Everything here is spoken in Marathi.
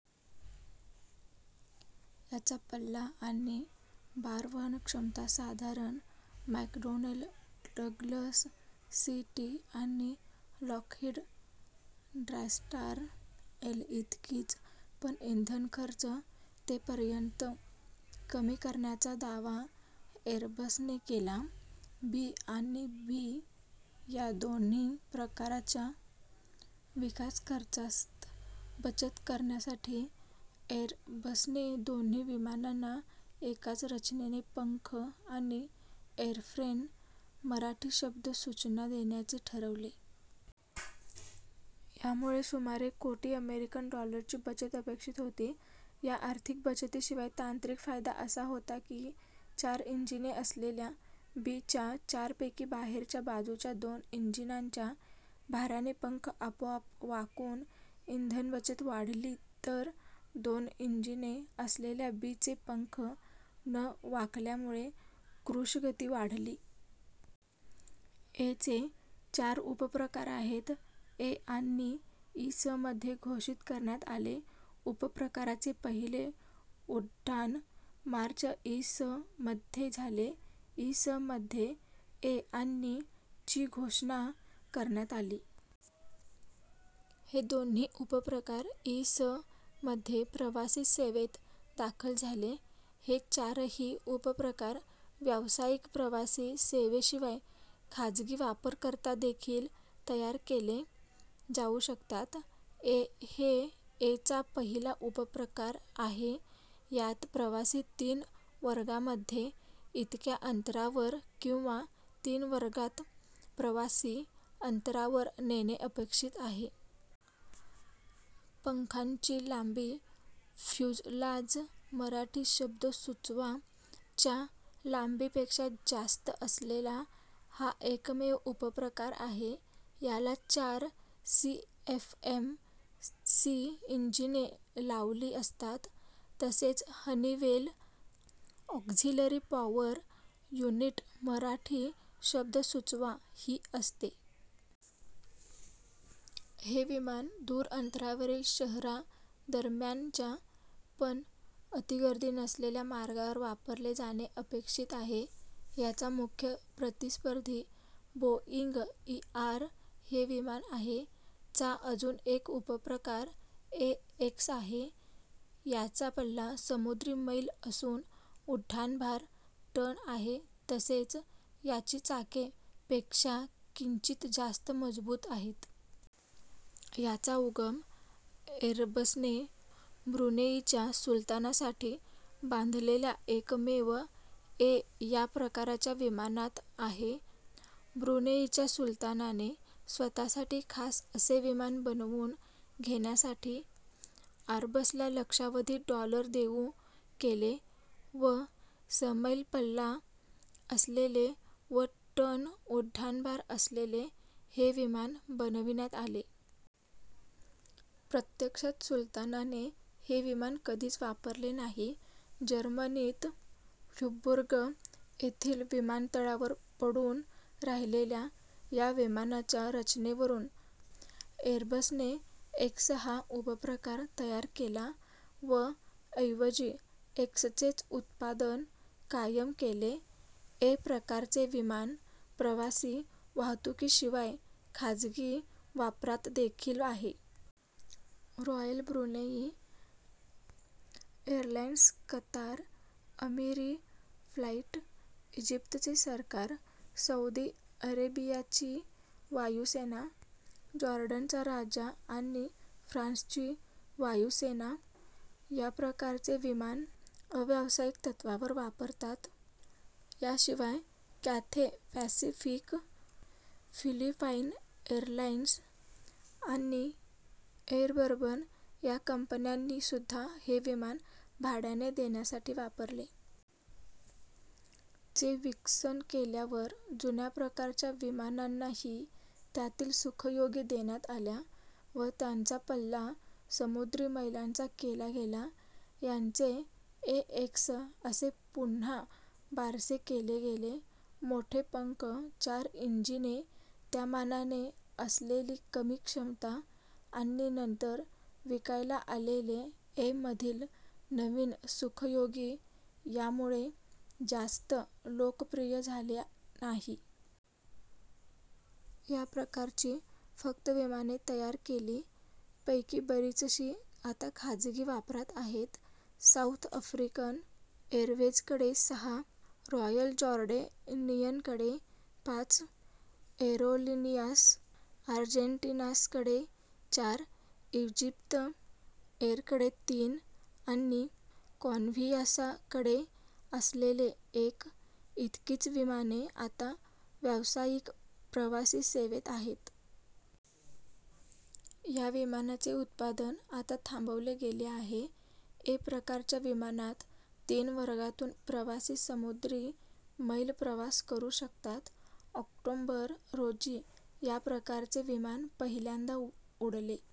याचा पल्ला आणि भारवहनक्षमता साधारण मॅकडोनेल डग्लस डीसी- आणि लॉकहीड ट्रायस्टार एल- इतकीच पण इंधनखर्च ते पर्यंत कमी करण्याचा दावा एरबसने केला. बी आणि बी या दोन्ही प्रकारांच्या विकासखर्चात बचत करण्यासाठी एरबसने दोन्ही विमानांना एकाच रचनेचे पंख आणि एरफ्रेम मराठी शब्द सुचवा देण्याचे ठरवले. यामुळे सुमारे कोटी अमेरिकन डॉलरची बचत अपेक्षित होती. या आर्थिक बचतीशिवाय तांत्रिक फायदा असा होता की चार इंजिने असलेल्या बी च्या चारपैकी बाहेरच्या बाजूच्या दोन इंजिनांच्या भाराने पंख आपोआप वाकून इंधनबचत वाढली तर दोन इंजिने असलेल्या बी चे पंख न वाकल्यामुळे क्रुझगती वाढली. ए चे चार उपप्रकार आहेत. ए - आणि - इ. स. मध्ये घोषित करण्यात आले. - उपप्रकाराचे पहिले उड्डाण मार्च, इ. स. मध्ये झाले. इ. स. मध्ये ए - आणि - ची घोषणा करण्यात आली. हे दोन्ही उपप्रकार इ. स. मध्ये प्रवासी सेवेत दाखल झाले. हे चारही उपप्रकार व्यावसायिक प्रवासी सेवेशिवाय खाजगी वापराकरतादेखील तयार केले जाऊ शकतात. ए - हे ए चा पहिला उपप्रकार आहे. यात प्रवासी तीन वर्गांमध्ये इतक्या अंतरावर किंवा तीन वर्गांत प्रवासी अंतरावर नेणे अपेक्षित आहे. पंखांची लांबी फ्युजलाझ मराठी शब्द सुचवा च्या लांबीपेक्षा जास्त असलेला हा एकमेव उपप्रकार आहे. याला चार सीएफएम - सी इंजिने लावली असतात तसेच Honeywell - auxiliary power unit Marathi शब्द सुचवा ही असते. हे विमान दूर अंतरावरील शहरांदरम्यानच्या पण अतिगर्दी नसलेल्या मार्गांवर वापरले जाणे अपेक्षित आहे. याचा मुख्य प्रतिस्पर्धी बोइंग - ईआर हे विमान आहे. - चा अजून एक उपप्रकार ए - एक्स आहे. याचा पल्ला समुद्री मैल असून उड्डाणभार टन आहे तसेच याची चाके - पेक्षा किंचित जास्त मजबूत आहेत. याचा उगम एरबसने ब्रुनेइच्या सुलतानासाठी बांधलेल्या एकमेव ए - या प्रकारच्या विमानात आहे. ब्रुनेइच्या सुलतानाने स्वतःसाठी खास असे विमान बनवून घेण्यासाठी आरबसला लक्षावधी डॉलर देऊ केले व समैल पल्ला असलेले व टन उड्डाणभार असलेले हे विमान बनविण्यात आले. प्रत्यक्षात सुलतानाने हे विमान कधीच वापरले नाही. जर्मनीत हॅंबुर्ग येथील विमानतळावर पडून राहिलेल्या या विमानाच्या रचनेवरून एरबसने - एक्स हा उपप्रकार तयार केला व - ऐवजी - एक्सचेच उत्पादन कायम केले. ए - प्रकारचे विमान प्रवासी वाहतुकीशिवाय खाजगी वापरातदेखील आहे. Royal Brunei Airlines, Qatar Amiri Flight, इजिप्तचे सरकार, सौदी अरेबियाची वायुसेना, जॉर्डनचा राजा आणि फ्रान्सची वायुसेना या प्रकारचे विमान अव्यावसायिक तत्त्वावर वापरतात. याशिवाय कॅथे पॅसिफिक, फिलिपाईन एरलाइन्स आणि एर बर्बन या कंपन्यांनीसुद्धा हे विमान भाड्याने देण्यासाठी वापरले. चे विकसन केल्यावर जुन्या - प्रकारच्या विमानांनाही त्यातील सुखसोयी देण्यात आल्या व त्यांचा पल्ला समुद्री मैलांचा केला गेला. यांचे ए - एक्स असे पुन्हा बारसे केले गेले. मोठे पंख, चार इंजिने, त्यामानाने असलेली कमी क्षमता आणि नंतर विकायला आलेले ए - मधील नवीन सुखसोयी, यांमुळे - जास्त लोकप्रिय झाले नाही. या प्रकारची फक्त विमाने तयार केली. पैकी बरीचशी आता खाजगी वापरात आहेत. साउथ आफ्रिकन एरवेझकडे सहा, रॉयल जॉर्डेनियनकडे पाच, एरोलिनियास आर्जेन्टिनासकडे चार, इजिप्त एरकडे तीन आणि कॉन्व्हियासाकडे असलेले एक, इतकीच विमाने आता व्यावसायिक प्रवासी सेवेत आहेत. या विमानाचे उत्पादन आता थांबवले गेले आहे. ए - प्रकारच्या विमानात तीन वर्गांतून प्रवासी समुद्री मैल प्रवास करू शकतात. ऑक्टोबर, रोजी या प्रकारचे विमान पहिल्यांदा उडले.